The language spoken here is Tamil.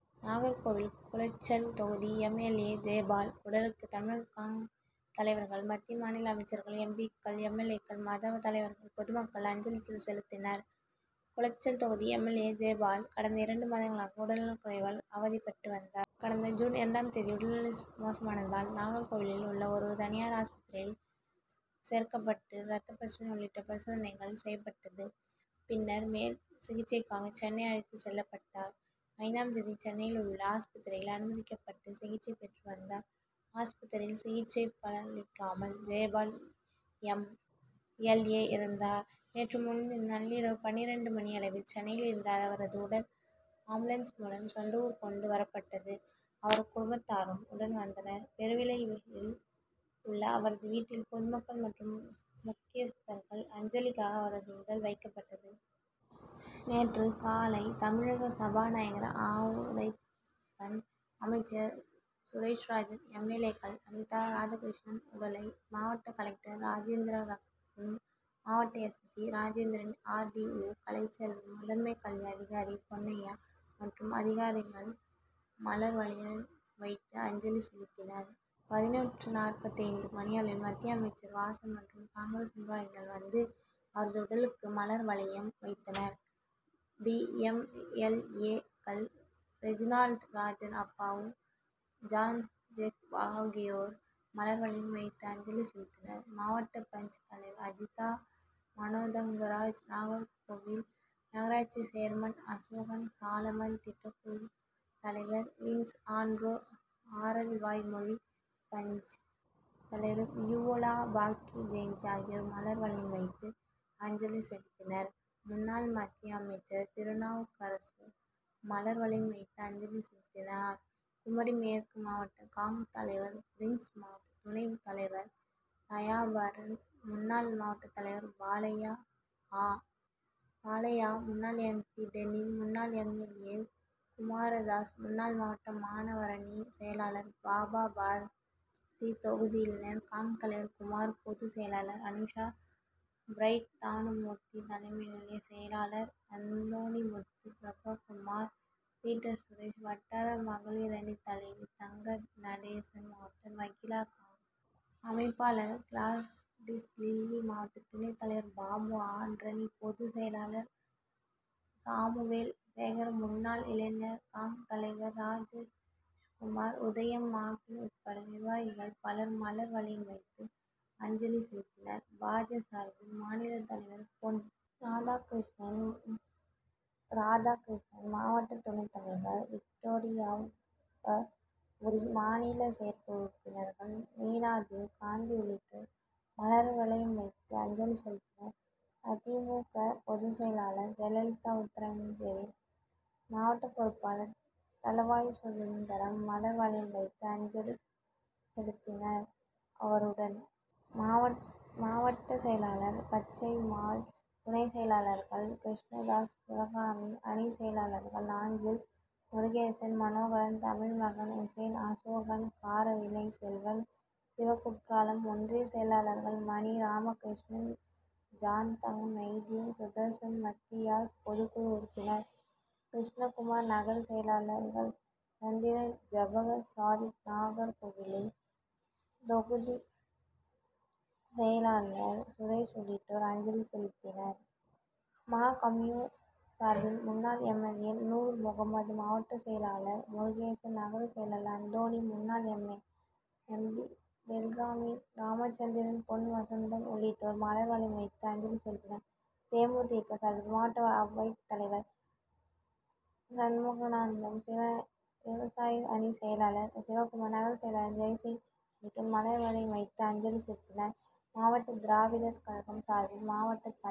நாகர்கோவில் குளச்சல் தொகுதி எம். எல். ஏ., ஜெயபால் உடலுக்கு தமிழக காங்., தலைவர்கள், மத்திய மாநில அமைச்சர்கள், எம். பி.,க்கள், எம். எல். ஏ.,க்கள், மத தலைவர்கள், பொதுமக்கள் அஞ்சலி செலுத்தினர். குளச்சல் தொகுதி எம். எல். ஏ., ஜெயபால் கடந்த இரண்டு மாதங்களாக உடல்நலக்குறைவால் அவதிப்பட்டு வந்தார். கடந்த ஜூன் இரண்டாம் தேதி உடல்நிலை மோசமானதால் நாகர்கோவிலில் உள்ள ஒரு தனியார் ஆஸ்பத்திரியில் சேர்க்கப்பட்டு ரத்த பரிசோதனை உள்ளிட்ட பரிசோதனைகள் செய்யப்பட்டது. பின்னர் மேல் சிகிச்சைக்காக சென்னை அழைத்து செல்லப்பட்டார். ஐந்தாம் தேதி சென்னையிலுள்ள ஆஸ்பத்திரியில் அனுமதிக்கப்பட்டு சிகிச்சை பெற்று வந்தார். ஆஸ்பத்திரியில் சிகிச்சை பலனளிக்காமல் ஜெயபால் எம். எல். ஏ., இறந்தார். நேற்று முன்தினம் நள்ளிரவு பன்னிரண்டு மணியளவில் சென்னையில் இருந்து அவரது உடல் ஆம்புலன்ஸ் மூலம் சொந்த ஊர் கொண்டு வரப்பட்டது. அவரது குடும்பத்தாரும் உடன் வந்தனர். பெருவிளையில் உள்ள அவரது வீட்டில் பொதுமக்கள் மற்றும் முக்கியஸ்தர்கள் அஞ்சலிக்காக அவரது உடல் வைக்கப்பட்டது. நேற்று காலை தமிழக சபாநாயகர் ஆவுடையப்பன், அமைச்சர் சுரேஷ்ராஜன், எம். எல். ஏ. க்கள் அனிதா ராதாகிருஷ்ணன், சுடலை, மாவட்ட கலெக்டர் ராஜேந்திர ரத்னு, மாவட்ட S. P. Rajendran, R. D. O. Kalaiselvan, முதன்மை கல்வி அதிகாரி பொன்னையா, மற்றும் அதிகாரிகள் மலர் வளையம் வைத்து அஞ்சலி செலுத்தினர். பதினொன்று.நாற்பத்தைந்து மணியளவில் மத்திய அமைச்சர் வாசன் மற்றும் காங்கிரஸ் நிர்வாகிகள் வந்து அவரது உடலுக்கு மலர் வளையம் வைத்தனர். பி., எம். எல். ஏ. க்கள் ரெஜினால்டு, ராஜன், அப்பாவு, ஜாண்ஜேக்கப் ஆகியோர் மலர் வளையம் வைத்து அஞ்சலி செலுத்தினர். மாவட்ட பஞ்., தலைவர் அஜிதா மனோதங்கராஜ், நாகர்கோவில் நகராட்சி சேர்மன் அசோகன் சாலமன், திட்டக்குழு தலைவர் வின்ஸ் ஆன்றோ, ஆரல்வாய்மொழி பஞ்., தலைவர் பியூலா பாக்கிய ஜெயந்தி ஆகியோர் மலர் வளையம் வைத்து அஞ்சலி செலுத்தினர். முன்னாள் மத்திய அமைச்சர் திருநாவுக்கரசு மலர் வளையம் வைத்து அஞ்சலி செலுத்தினார். குமரி மேற்கு மாவட்ட காங்., தலைவர் பிரின்ஸ், மாவட்ட துணை தலைவர் தயாபரன், முன்னாள் மாவட்ட தலைவர் பாலையா, ஆ. பாலையா, முன்னாள் எம். பி. டென்னிஸ், முன்னாள் எம். எல். ஏ. குமாரதாஸ், முன்னாள் மாவட்ட மாணவரணி செயலாளர் பாபா, பார்லி., தொகுதி இளைஞர் காங்., தலைவர் குமார், பொது செயலாளர் அனுஷா பிரைட், தாணுமூர்த்தி, தலைமை நிலைய செயலாளர் அந்தோணிமுத்து, பிரபகுமார், பீட்டர், சுரேஷ், வட்டார மகளிரணி தலைவி தங்கம்நடேசன், மாவட்ட மகிளா காங்., அமைப்பாளர் கிளாடிஸ் லில்லி, மாவட்ட துணை தலைவர் பாபு ஆன்றணி, பொது செயலாளர் சாமுவேல் சேகர், முன்னாள் இளைஞர் காங்., தலைவர்கள் ராஜேஷ்குமார், உதயம், மாகின் உட்பட நிர்வாகிகள் பலர் மலர் வளையம் வைத்து அஞ்சலி செலுத்தினர். பா. ஜ. சார்பில் மாநில தலைவர் பொன். ராதாகிருஷ்ணன், மாவட்ட துணை தலைவர் விக்டோரியாகவுரி, மாநில செயற்குழு உறுப்பினர்கள் மீனாதேவ், காந்தி உள்ளிட்டோர் மலர் வளையம் வைத்து அஞ்சலி செலுத்தினர். அ. தி. மு. க. பொது செயலாளர் ஜெயலலிதா உத்தரவின்பேரில் மாவட்ட பொறுப்பாளர் தளவாய்சுந்தரம் மலர் வளையம் வைத்து அஞ்சலி செலுத்தினார். அவருடன் மாவட்ட செயலாளர் பச்சைமால், துணை செயலாளர்கள் கிருஷ்ணதாஸ், சிவகாமி, அணி செயலாளர்கள் நாஞ்சில் முருகேசன், மனோகரன், தமிழ்மகன் உசேன், அசோகன், காரவிளை செல்வன், சிவகுற்றாலம், ஒன்றிய செயலாளர்கள் மணி, ராமகிருஷ்ணன், ஜாண்தங்கம், மைதீன், சுதர்சன், மத்தியாஸ், பொதுக்குழு உறுப்பினர் கிருஷ்ணகுமார், நகர செயலாளர்கள் சந்திரன், ஜபகர் சாதிக், நாகர்கோவில் தொகுதி செயலாளர் சுரேஷ் உள்ளிட்டோர் அஞ்சலி செலுத்தினர். மா. கம்யூ., சார்பில் முன்னாள் எம். எல். ஏ. நூர்முகம்மது, மாவட்ட செயலளார் முருகேசன், நகர செயலாளர் அந்தோணி, முன்னாள் எம். பி. பெல்லார்மின், ராமச்சந்திரன், பொன் வசந்தன் உள்ளிட்டோர் மலர் வளையம் வைத்து அஞ்சலி செலுத்தினர். தே. மு. தி. க. சார்பில் மாவட்ட அவைத்தலைவர் சண்முகானந்தம், விவசாய அணி செயலாளர் சிவகுமார், நகர செயலாளர் ஜெயசிங் உள்ளிட்டோர் மலர் வளையம் வைத்து அஞ்சலி செலுத்தினர். மாவட்ட திராவிடர் கழகம் சார்பில் மாவட்ட தலைவர்